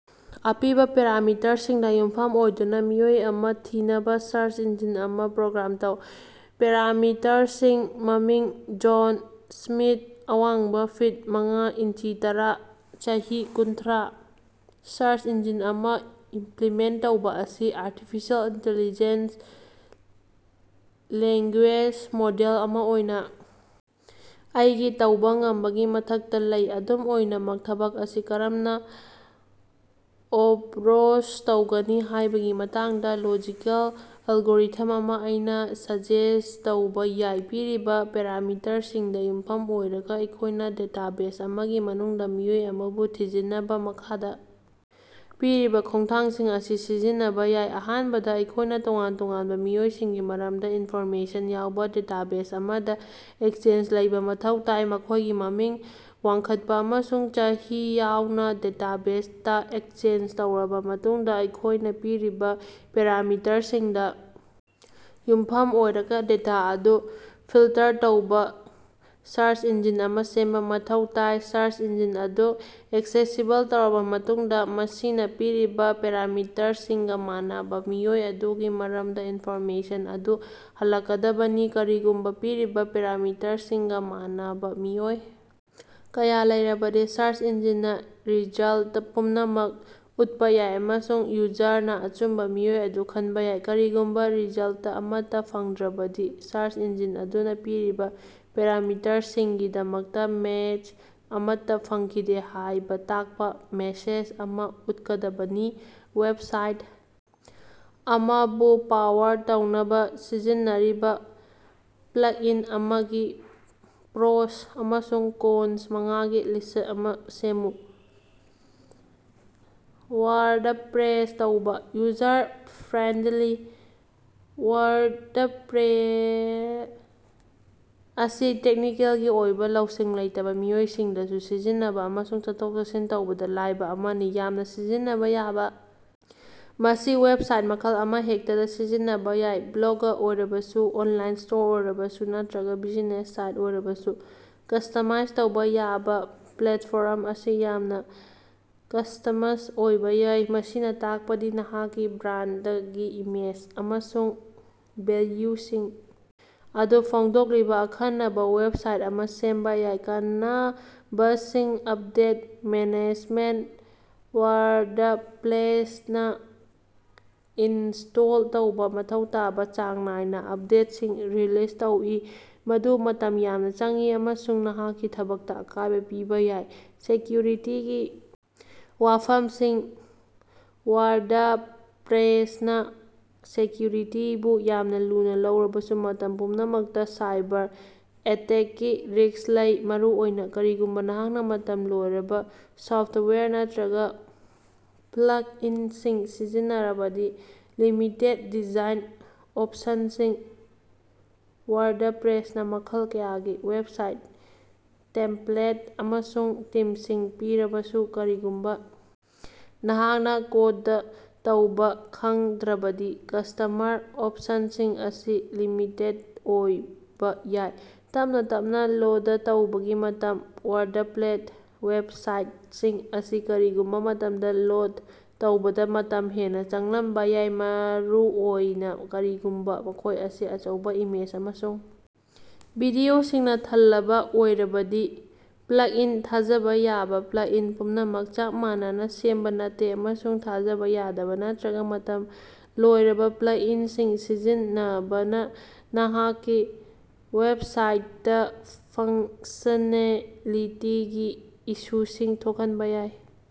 ꯑꯄꯤꯕ ꯄꯦꯔꯥꯃꯤꯇꯔꯁꯤꯡꯗ ꯌꯨꯝꯐꯝ ꯑꯣꯏꯗꯨꯅ ꯃꯤꯑꯣꯏ ꯑꯃ ꯊꯤꯅꯕꯥ ꯁꯔꯆ ꯏꯟꯖꯤꯟ ꯑꯃ ꯄ꯭ꯔꯣꯒ꯭ꯔꯥꯝ ꯇꯧ꯫ ꯄꯦꯔꯥꯃꯤꯇꯔꯁꯤꯡ - ꯃꯃꯤꯡ, ꯖꯣꯟ ꯁ꯭ꯃꯤꯊ, ꯑꯋꯥꯡꯕ-ꯐꯤꯠ ꯃꯉꯥ ꯏꯟꯆꯤ ꯇꯔꯥ, ꯆꯍꯤ-ꯀꯨꯟꯊ꯭ꯔꯥ꯫ ꯁꯔꯆ ꯏꯟꯖꯤꯟ ꯑꯃ ꯏꯝꯄ꯭ꯂꯤꯃꯦꯟꯇ ꯇꯧꯕ ꯑꯁꯤ ꯑꯥꯔꯇꯤꯐꯤꯁꯤꯑꯦꯜ ꯏꯟꯇꯤꯂꯤꯖꯦꯟꯁ ꯂꯦꯡꯒꯨꯌꯦꯖ ꯃꯣꯗꯦꯜ ꯑꯃ ꯑꯣꯏꯅ ꯑꯩꯒꯤ ꯇꯧꯕ ꯉꯝꯕꯒꯤ ꯃꯊꯛꯇ ꯂꯩ꯫ ꯑꯗꯨꯝ ꯑꯣꯏꯅꯃꯛ, ꯊꯕꯛ ꯑꯁꯤ ꯀꯔꯝꯅ ꯑꯦꯞꯔꯣꯆ ꯇꯧꯒꯅꯤ ꯍꯥꯏꯕꯒꯤ ꯃꯇꯥꯡꯗ ꯂꯣꯖꯤꯀꯦꯜ ꯑꯦꯜꯒꯣꯔꯤꯊꯝ ꯑꯃ ꯑꯩꯅ ꯁꯖꯦꯁ꯭ꯠ ꯇꯧꯕ ꯌꯥꯏ꯫ ꯄꯤꯔꯤꯕ ꯄꯦꯔꯥꯃꯤꯇꯔꯁꯤꯡꯗ ꯌꯨꯝꯐꯝ ꯑꯣꯏꯔꯒ, ꯑꯩꯈꯣꯏꯅ ꯗꯦꯇꯥꯕꯦꯖ ꯑꯃꯒꯤ ꯃꯅꯨꯡꯗ ꯃꯤꯑꯣꯏ ꯑꯃꯕꯨ ꯊꯤꯖꯤꯟꯅꯕ ꯃꯈꯥꯗ ꯄꯤꯔꯤꯕ ꯈꯣꯡꯊꯥꯡꯁꯤꯡ ꯑꯁꯤ ꯁꯤꯖꯤꯟꯅꯕ ꯌꯥꯏ꯫ ꯑꯍꯥꯟꯕꯗ, ꯑꯩꯈꯣꯏꯅ ꯇꯣꯉꯥꯟ ꯇꯣꯉꯥꯟꯕ ꯃꯤꯑꯣꯏꯁꯤꯡꯒꯤ ꯃꯔꯝꯗ ꯏꯟꯐꯣꯔꯃꯦꯁꯟ ꯌꯥꯎꯕ ꯗꯦꯇꯥꯕꯦꯖ ꯑꯃꯗ ꯑꯦꯛꯁꯦꯁ ꯂꯩꯕ ꯃꯊꯧ ꯇꯥꯏ, ꯃꯈꯣꯏꯒꯤ ꯃꯃꯤꯡ, ꯋꯥꯡꯈꯠꯄ ꯑꯃꯁꯨꯡ ꯆꯍꯤ ꯌꯥꯎꯅ꯫ ꯗꯦꯇꯥꯕꯦꯖ ꯇꯥ ꯑꯦꯛꯁꯦꯁ ꯇꯧꯔꯕꯥ ꯃꯇꯨꯡꯗ ꯑꯩꯈꯣꯏꯅ ꯄꯤꯔꯤꯕ ꯄꯦꯔꯥꯃꯤꯇꯔꯁꯤꯡꯗ ꯌꯨꯝꯐꯝ ꯑꯣꯏꯔꯒ ꯗꯦꯇꯥ ꯑꯗꯨ ꯐꯤꯜꯇꯔ ꯇꯧꯕ ꯁꯥꯔꯆ ꯏꯟꯖꯤꯟ ꯑꯃ ꯁꯦꯝꯕ ꯃꯊꯧ ꯇꯥꯏ꯫ ꯁꯥꯔꯆ ꯏꯟꯖꯤꯟ ꯑꯗꯨ ꯑꯦꯛꯁꯦꯁꯤꯕꯜ ꯇꯧꯔꯕ ꯃꯇꯨꯡꯗ, ꯃꯁꯤꯅ ꯄꯤꯔꯤꯕ ꯄꯦꯔꯥꯃꯤꯇꯔꯁꯤꯡꯒ ꯃꯥꯟꯅꯕꯥ ꯃꯤꯑꯣꯏ ꯑꯗꯨꯒꯤ ꯃꯔꯝꯗ ꯏꯟꯐꯣꯔꯃꯦꯁꯟ ꯑꯗꯨ ꯍꯜꯂꯛꯀꯗꯕꯅꯤ꯫ ꯀꯔꯤꯒꯨꯝꯕ ꯄꯤꯔꯤꯕ ꯄꯦꯔꯥꯃꯤꯇꯔꯁꯤꯡꯒ ꯃꯥꯟꯅꯕꯥ ꯃꯤꯑꯣꯏ ꯀꯌꯥ ꯂꯩꯔꯕꯗꯤ, ꯁꯔꯆ ꯏꯟꯖꯤꯟꯅ ꯔꯤꯖꯜꯇ ꯄꯨꯝꯅꯃꯛ ꯎꯠꯄ ꯌꯥꯏ ꯑꯃꯁꯨꯡ ꯌꯨꯖꯔꯅ ꯑꯆꯨꯝꯕ ꯃꯤꯑꯣꯏ ꯑꯗꯨ ꯈꯟꯕ ꯌꯥꯏ꯫ ꯀꯔꯤꯒꯨꯝꯕ ꯔꯤꯖꯜꯇ ꯑꯃꯠꯇ ꯐꯪꯗ꯭ꯔꯕꯗꯤ, ꯁꯔꯆ ꯏꯟꯖꯤꯟ ꯑꯗꯨꯅ ꯄꯤꯔꯤꯕ ꯄꯦꯔꯥꯃꯤꯇꯔꯁꯤꯡꯒꯤꯗꯃꯛꯇ ꯃꯦꯆ ꯑꯃꯠꯇ ꯐꯪꯈꯤꯗꯦ ꯍꯥꯏꯕ ꯇꯥꯛꯄ ꯃꯦꯁꯦꯖ ꯑꯃ ꯎꯠꯀꯗꯕꯅꯤ꯫ ꯋꯦꯕꯁꯥꯏꯠ ꯑꯃꯕꯨ ꯄꯥꯋꯔ ꯇꯧꯅꯕꯥ ꯁꯤꯖꯤꯟꯅꯔꯤꯕ ꯄ꯭ꯂꯛꯏꯟ ꯑꯃꯒꯤ ꯄ꯭ꯔꯣꯁ ꯑꯃꯁꯨꯡ ꯀꯣꯟꯁ ꯃꯉꯥꯒꯤ ꯂꯤꯁ꯭ꯠ ꯑꯃ ꯁꯦꯝꯃꯨ꯫ ꯋꯥꯔꯗꯄ꯭ꯔꯦꯁ ꯇꯧꯕ꯫ ꯌꯨꯖꯔ ꯐ꯭ꯔꯦꯟꯗꯂꯤ- ꯋꯥꯔꯗꯄ꯭ꯂꯦꯁ ꯑꯁꯤ ꯇꯦꯛꯅꯤꯀꯦꯜꯒꯤ ꯑꯣꯏꯕ ꯂꯧꯁꯤꯡ ꯂꯩꯇꯕ ꯃꯤꯑꯣꯏꯁꯤꯡꯗꯁꯨ ꯁꯤꯖꯤꯟꯅꯕ ꯑꯃꯁꯨꯡ ꯆꯠꯊꯣꯛ-ꯆꯠꯁꯤꯟ ꯇꯧꯕꯗ ꯂꯥꯏꯕꯥ ꯑꯃꯅꯤ꯫ ꯌꯥꯝꯅ ꯁꯤꯖꯤꯟꯅꯕꯥ ꯌꯥꯕ - ꯃꯁꯤ ꯋꯦꯕꯁꯥꯏꯠ ꯃꯈꯜ ꯑꯃꯍꯦꯛꯇꯗꯥ ꯁꯤꯖꯤꯟꯅꯕꯥ ꯌꯥꯏ, ꯕ꯭ꯂꯣꯒ ꯑꯣꯏꯔꯕꯁꯨ, ꯑꯣꯟꯂꯥꯏꯟ ꯁ꯭ꯇꯣꯔ ꯑꯣꯏꯔꯕꯁꯨ, ꯅꯠꯇꯔꯒ ꯕꯤꯖꯤꯅꯦꯁ ꯁꯥꯏꯠ ꯑꯣꯏꯔꯕꯁꯨ꯫ ꯀꯁ꯭ꯇꯃꯥꯏꯖ ꯇꯧꯕ ꯌꯥꯕ - ꯄ꯭ꯂꯦꯠꯐꯣꯔꯝ ꯑꯁꯤ ꯌꯥꯝꯅ ꯀꯁ꯭ꯇꯃꯁ ꯑꯣꯏꯕ ꯌꯥꯏ, ꯃꯁꯤꯅ ꯇꯥꯛꯄꯗꯤ ꯅꯍꯥꯛꯀꯤ ꯕ꯭ꯔꯥꯟꯗꯒꯤ ꯏꯃꯦꯖ ꯑꯃꯁꯨꯡ ꯚꯦꯂ꯭ꯌꯨꯁꯤꯡ ꯑꯗꯨ ꯐꯣꯡꯗꯣꯛꯂꯤꯕ ꯑꯈꯟꯅꯕꯥ ꯋꯦꯕꯁꯥꯏꯠ ꯑꯃ ꯁꯦꯝꯕ ꯌꯥꯏ꯫ ꯀꯥꯟꯅꯕꯁꯤꯡ - ꯑꯞꯗꯦꯠ ꯃꯦꯅꯦꯖꯃꯦꯟꯇ - ꯋꯥꯔꯗꯄ꯭ꯂꯦꯁꯅꯥ ꯏꯟꯁ꯭ꯇꯣꯜ ꯇꯧꯕ ꯃꯊꯧ ꯇꯥꯕ ꯆꯥꯡ ꯅꯥꯏꯅ ꯑꯞꯗꯦꯠꯁꯤꯡ ꯔꯤꯂꯤꯖ ꯇꯧꯏ, ꯃꯗꯨ ꯃꯇꯝ ꯌꯥꯝꯅ ꯆꯪꯏ ꯑꯃꯁꯨꯡ ꯅꯍꯥꯛꯀꯤ ꯊꯕꯛꯇ ꯑꯀꯥꯏꯕ ꯄꯤꯕ ꯌꯥꯏ꯫ ꯁꯦꯀ꯭ꯌꯨꯔꯤꯇꯤꯒꯤ ꯋꯥꯐꯝꯁꯤꯡ -ꯋꯥꯔꯗꯄ꯭ꯔꯦꯁꯅꯥ ꯁꯦꯀ꯭ꯌꯨꯔꯤꯇꯤꯕꯨ ꯌꯥꯝꯅ ꯂꯨꯅ ꯂꯧꯔꯕꯁꯨ, ꯃꯇꯝ ꯄꯨꯝꯅꯃꯛꯇ ꯁꯥꯏꯕꯔ-ꯑꯦꯇꯦꯛꯀꯤ ꯔꯤꯁ꯭ꯛ ꯂꯩ, ꯃꯔꯨꯑꯣꯏꯅ ꯀꯔꯤꯒꯨꯝꯕ ꯅꯍꯥꯛꯅ ꯃꯇꯝ ꯂꯣꯏꯔꯕꯥ ꯁꯣꯐꯇꯋꯥꯌꯔ ꯅꯠꯇꯔꯒ ꯄ꯭ꯂꯛꯏꯟꯁꯤꯡ ꯁꯤꯖꯤꯟꯅꯔꯕꯗꯤ꯫ ꯂꯤꯃꯤꯇꯦꯗ ꯗꯤꯖꯥꯏꯟ ꯑꯣꯞꯁꯟꯁꯤꯡ - ꯋꯥꯔꯗꯄ꯭ꯔꯦꯁꯅꯥ ꯃꯈꯜ ꯀꯌꯥꯒꯤ ꯋꯦꯕꯁꯥꯏꯠ ꯇꯦꯝꯄ꯭ꯂꯦꯠ ꯑꯃꯁꯨꯡ ꯊꯤꯝꯁꯤꯡ ꯄꯤꯔꯕꯁꯨ, ꯀꯔꯤꯒꯨꯝꯕ ꯅꯍꯥꯛꯅ ꯀꯣꯗ ꯇꯧꯕ ꯈꯪꯗ꯭ꯔꯕꯗꯤ ꯀꯁ꯭ꯇꯃꯔ ꯑꯣꯞꯁꯟꯁꯤꯡ ꯑꯁꯤ ꯂꯤꯃꯤꯇꯦꯗ ꯑꯣꯏꯕ ꯌꯥꯏ꯫ ꯇꯞꯅꯥ ꯇꯞꯅꯥ ꯂꯣꯗ ꯇꯧꯕꯒꯤ ꯃꯇꯝ -ꯋꯥꯔꯗꯄ꯭ꯂꯦꯁ ꯋꯦꯕꯁꯥꯏꯇꯁꯤꯡ ꯑꯁꯤ ꯀꯔꯤꯒꯨꯝꯕ ꯃꯇꯝꯗ ꯂꯣꯗ ꯇꯧꯕꯗꯥ ꯃꯇꯝ ꯍꯦꯟꯅ ꯆꯪꯂꯝꯕ ꯌꯥꯏ, ꯃꯔꯨꯑꯣꯏꯅ ꯀꯔꯤꯒꯨꯝꯕ ꯃꯈꯣꯏ ꯑꯁꯤ ꯑꯆꯧꯕ ꯏꯃꯦꯖ ꯑꯃꯁꯨꯡ ꯚꯤꯗꯤꯑꯣꯁꯤꯡꯅ ꯊꯜꯂꯕ ꯑꯣꯏꯔꯕꯗꯤ꯫ ꯄ꯭ꯂꯛꯏꯟ ꯊꯥꯖꯕ ꯌꯥꯕ - ꯄ꯭ꯂꯛꯏꯟ ꯄꯨꯝꯅꯃꯛ ꯆꯞ ꯃꯥꯟꯅꯅꯥ ꯁꯦꯝꯕ ꯅꯠꯇꯦ, ꯑꯃꯁꯨꯡ ꯊꯥꯖꯕ ꯌꯥꯗꯕ ꯅꯠꯇꯔꯒ ꯃꯇꯝ ꯂꯣꯏꯔꯕ ꯄ꯭ꯂꯛꯏꯟꯁꯤꯡ ꯁꯤꯖꯤꯟꯅꯕꯅꯥ ꯅꯍꯥꯛꯀꯤ ꯋꯦꯕꯁꯥꯏꯇꯇꯥ ꯐꯪꯛꯁꯅꯦꯂꯤꯇꯤꯒꯤ ꯏꯁꯨꯁꯤꯡ ꯊꯣꯛꯍꯟꯕ ꯌꯥꯏ꯫